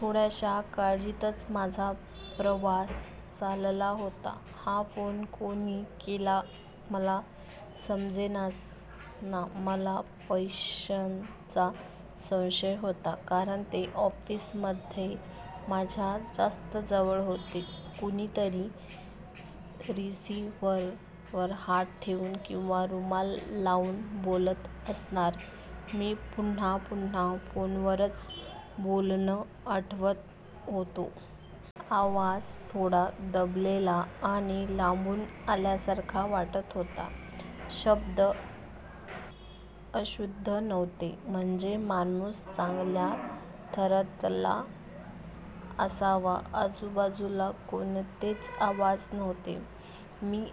थोड्याशा काळजीतच माझा प्रवास चालला होता. हा फोन कोणी केला, मला समजेना. मला पैंशंचा संशय होता. कारण ते ऑफिसमध्ये माझ्या जास्त जवळ होते. कोणीतरी रिसिव्हरवर हात ठेवून किंवा रुमाल लावून बोलत असणार. मी पुन्हा पुन्हा फोनवरचं बोलणं आठवत होतो. आवाज थोडा दबलेला आणि लांबून आल्यासारखा वाटत होता. शब्द अशुद्ध नव्हते. म्हणजे माणूस चांगल्या थरातला असावा. आजूबाजूला कोणतेच आवाज नव्हते. मी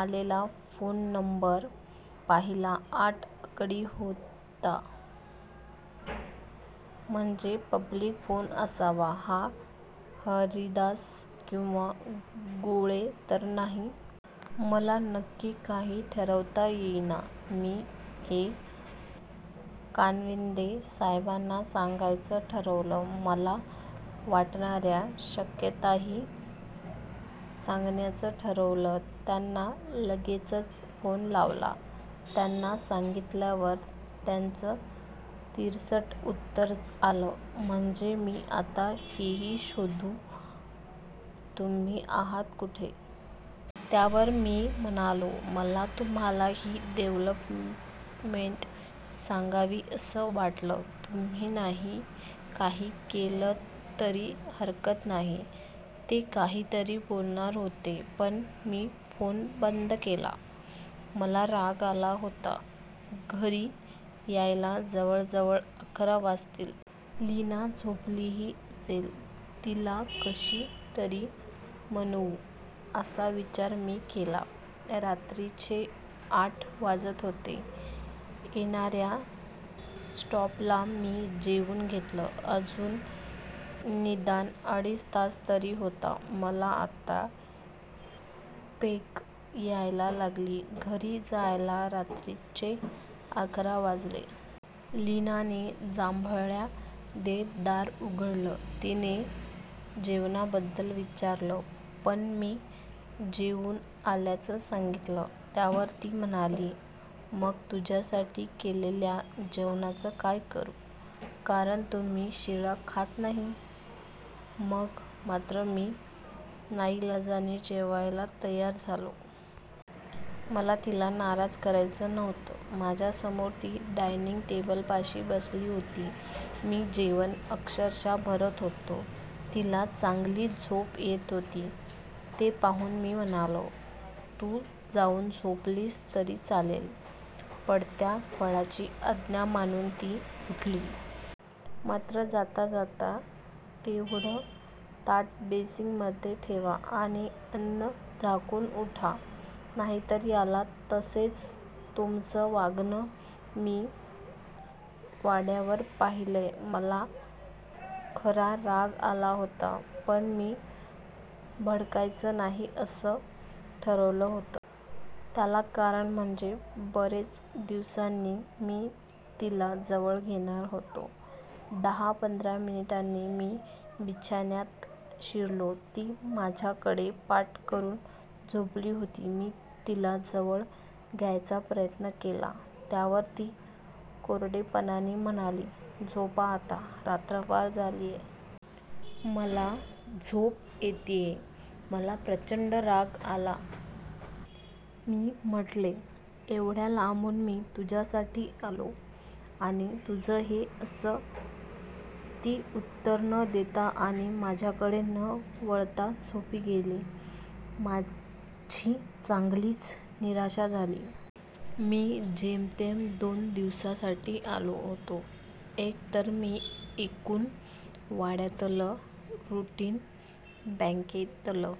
आलेला फोन नंबर पाहिला. आठ आकडी होता. म्हणजे पब्लिक फोन असावा. हा हरिदास, किंवा गोळे तर नाही? मला नक्की काही ठरवता येईना. मी हे कानविंदे साहेबांना सांगायचं ठरवलं. मला वाटणाऱ्या शक्यताही सांंगण्याचं ठरवलं. त्यांना लगेचच फोन लावला. त्यांना सांगितल्यावर त्यांचं तिरसट उत्तर आलं. " म्हणजे मी आता हेही शोधू.?, तुम्ही आहात कुठे? " त्यावर मी म्हणालो," मला तुम्हाला ही डेव्हलपमेंट सांगावी असं वाटलं. तुम्ही नाही काही केलंत तरी हरकत नाही". ते काहीतरी बोलणार होते. पण मी फोन बंद केला. मला राग आला होता.घरी जायला जवळजवळ अकरा वाजतील. लीना झोपलीही असेल. तिला कशी तरी मनवू. असा विचार मी केला. रात्रीचे आठ वाजत होते. येणाऱ्या स्टॉपला मी जेवून घेतलं. अजून निदान अडीच तास तरी होते. मला आता पेंग यायला लागली. घरी जायला रात्रीचे अकरा वाजले. लीनाने जांभया देत दार उघडलं. तिनी जेवणाबद्दल विचारलं. पण मी जेऊन आल्याचं सांगितलं. त्यावर ती म्हणाली," मग तुमच्यासाठी केलेल्या जेवणाचं काय करु? कारण तुम्ही शिळं खात नाही". मग मात्र मी नाईलाजाने जेवायला तयार झालो. मला तिला नाराज करायचं नव्हतं. माझ्यासमोर ती डायनिंग टेबलापाशी बसली होती. मी जेवण अक्षरशः भरत होतो. तिला चांगलीच झोप येत होती. ते पाहून मी म्हणालो," तू जाऊन झोपलीस तरी चालेल. " पडत्या फळाची आज्ञा मानून ती उठली. मात्र जाता जाता," तेवढं ताट बेसिन मधे ठेवा आणि अन्न झाकून उठा. नाही तर याल तसेच. तुमचं वागणं मी वाड्यावर पाहिलंय. " मला खरा राग आला होता, पण मी भडकायचं नाही असं ठरवलं होतं. त्याला कारण म्हणजे बरेच दिवसांनी मी तिला जवळ घेणार होतो. दहा पंधरा मिनिटांनी मी बिछान्यात शिरलो. ती माझ्या कडे पाठ करून झोपली होती. मी तिला जवळ घ्यायचा प्रयत्न केला त्यावर ती कोरडेपणानी म्हणाली," झोपा आता, रात्र फार झालिये. मला झोप येतीये " मला प्रचंड राग आला. मी म्हंटले " एवढ्या लांबून मी तुझ्या साठी आलो. आणि तुझं हे असं " ती उत्तर न देता आणि माझ्याकडे न वळता झोपी गेली. माझी चांगलीच निराशा झाली. मी जेमतेम दोन दिवसांसाठी आलो होतो. एक तर मी एकूण वाड्यातलं रुटीन, बॅंकेतलं